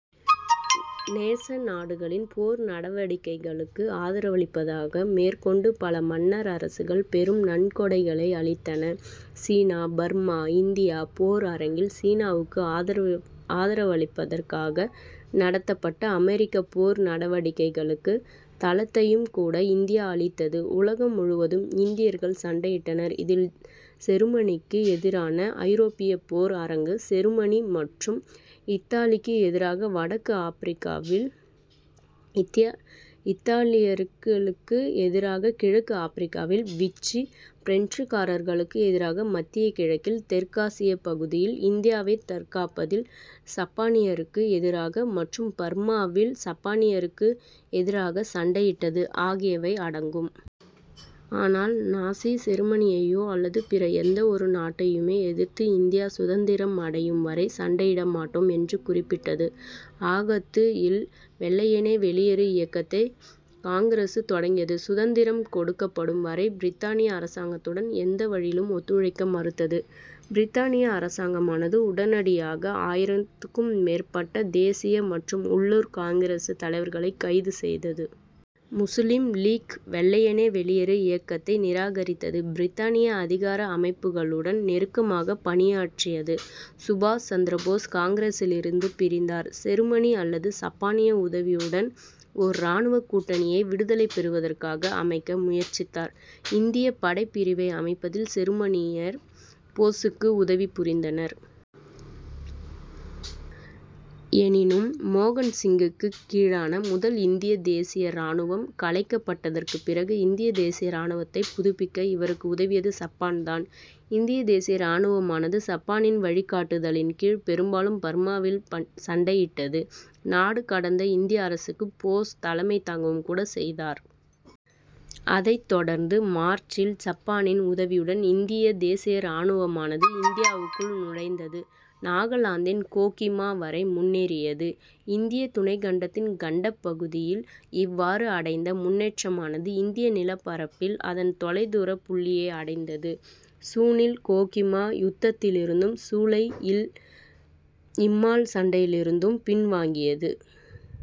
நேச நாடுகளின் போர் நடவடிக்கைகளுக்கு ஆதரவளிப்பதாக மேற்கொண்டு பல மன்னர் அரசுகள் பெரும் நன்கொடைகளை அளித்தன. சீனா, பர்மா, இந்தியா போர் அரங்கில் சீனாவுக்கு ஆதரவளிப்பதற்காக நடத்தப்பட்ட அமெரிக்கப் போர் நடவடிக்கைகளுக்கு தளத்தையும் கூட இந்தியா அளித்தது. உலகம் முழுவதும் இந்தியர்கள் சண்டையிட்டனர். இதில் செருமனிக்கு எதிரான ஐரோப்பியப் போர் அரங்கு, செருமனி மற்றும் இத்தாலிக்கு எதிராக வடக்கு ஆப்பிரிக்காவில், இத்தாலியர்களுக்கு எதிராக கிழக்கு ஆப்பிரிக்காவில், விச்சி பிரெஞ்சுக்காரர்களுக்கு எதிராக மத்திய கிழக்கில், தெற்காசியப் பகுதியில் இந்தியாவைத் தற்காப்பதில் சப்பானியருக்கு எதிராக மற்றும் பர்மாவில் சப்பானியருக்கு எதிராகச் சண்டையிட்டது ஆகியவை அடங்கும். ஆனால், நாசி செருமனியையோ அல்லது பிற எந்தவொரு நாட்டையுமோ எதிர்த்து இந்தியா சுதந்திரம் அடையும் வரை சண்டையிட மாட்டோம் என்று குறிப்பிட்டது. ஆகத்து இல் வெள்ளையனே வெளியேறு இயக்கத்தை காங்கிரசு தொடங்கியது. சுதந்திரம் கொடுக்கப்படும் வரை பிரித்தானிய அரசாங்கத்துடன் எந்த வழியிலும் ஒத்துழைக்க மறுத்தது. பிரித்தானிய அரசாங்கமானது உடனடியாக ஆயிரத்துக்கும் மேற்பட்ட தேசிய மற்றும் உள்ளூர் காங்கிரசு தலைவர்களைக் கைது செய்தது. முசுலிம் லீக் வெள்ளையனே வெளியேறு இயக்கத்தை நிராகரித்தது. பிரித்தானிய அதிகார அமைப்புகளுடன் நெருக்கமாகப் பணியாற்றியது. சுபாஷ் சந்திர போஸ் காங்கிரசிலிருந்து பிரிந்தார். செருமனி அல்லது சப்பானிய உதவியுடன் ஓர் இராணுவக் கூட்டணியை விடுதலை பெறுவதற்காக அமைக்க முயற்சித்தார். இந்தியப் படைப் பிரிவை அமைப்பதில் செருமானியர் போசுக்கு உதவி புரிந்தனர். எனினும், மோகன் சிங்குக்குக் கீழான முதல் இந்தியத் தேசிய இராணுவம் கலைக்கப்பட்டதற்குப் பிறகு இந்திய தேசிய இராணுவத்தை புதுப்பிக்க இவருக்கு உதவியது சப்பான் தான். இந்திய தேசிய இராணுவமானது சப்பானின் வழிகாட்டுதலின் கீழ் பெரும்பாலும் பர்மாவில் சண்டையிட்டது. நாடு கடந்த இந்திய அரசுக்குப் போஸ் தலைமை தாங்கவும் கூட செய்தார். அதைத் தொடர்ந்து மார்ச்சில் சப்பானின் உதவியுடன் இந்திய தேசிய இராணுவமானது இந்தியாவுக்குள் நுழைந்தது. நாகலாந்தின் கோகிமா வரை முன்னேறியது. இந்திய துணைக்கண்டத்தின் கண்டப் பகுதியில் இவ்வாறு அடைந்த முன்னேற்றமானது இந்திய நிலப்பரப்பில் அதன் தொலைதூரப் புள்ளியை அடைந்தது. சூனில் கோகிமா யுத்தத்திலிருந்தும், சூலை இல் இம்பால் சண்டையிலிருந்தும் பின் வாங்கியது.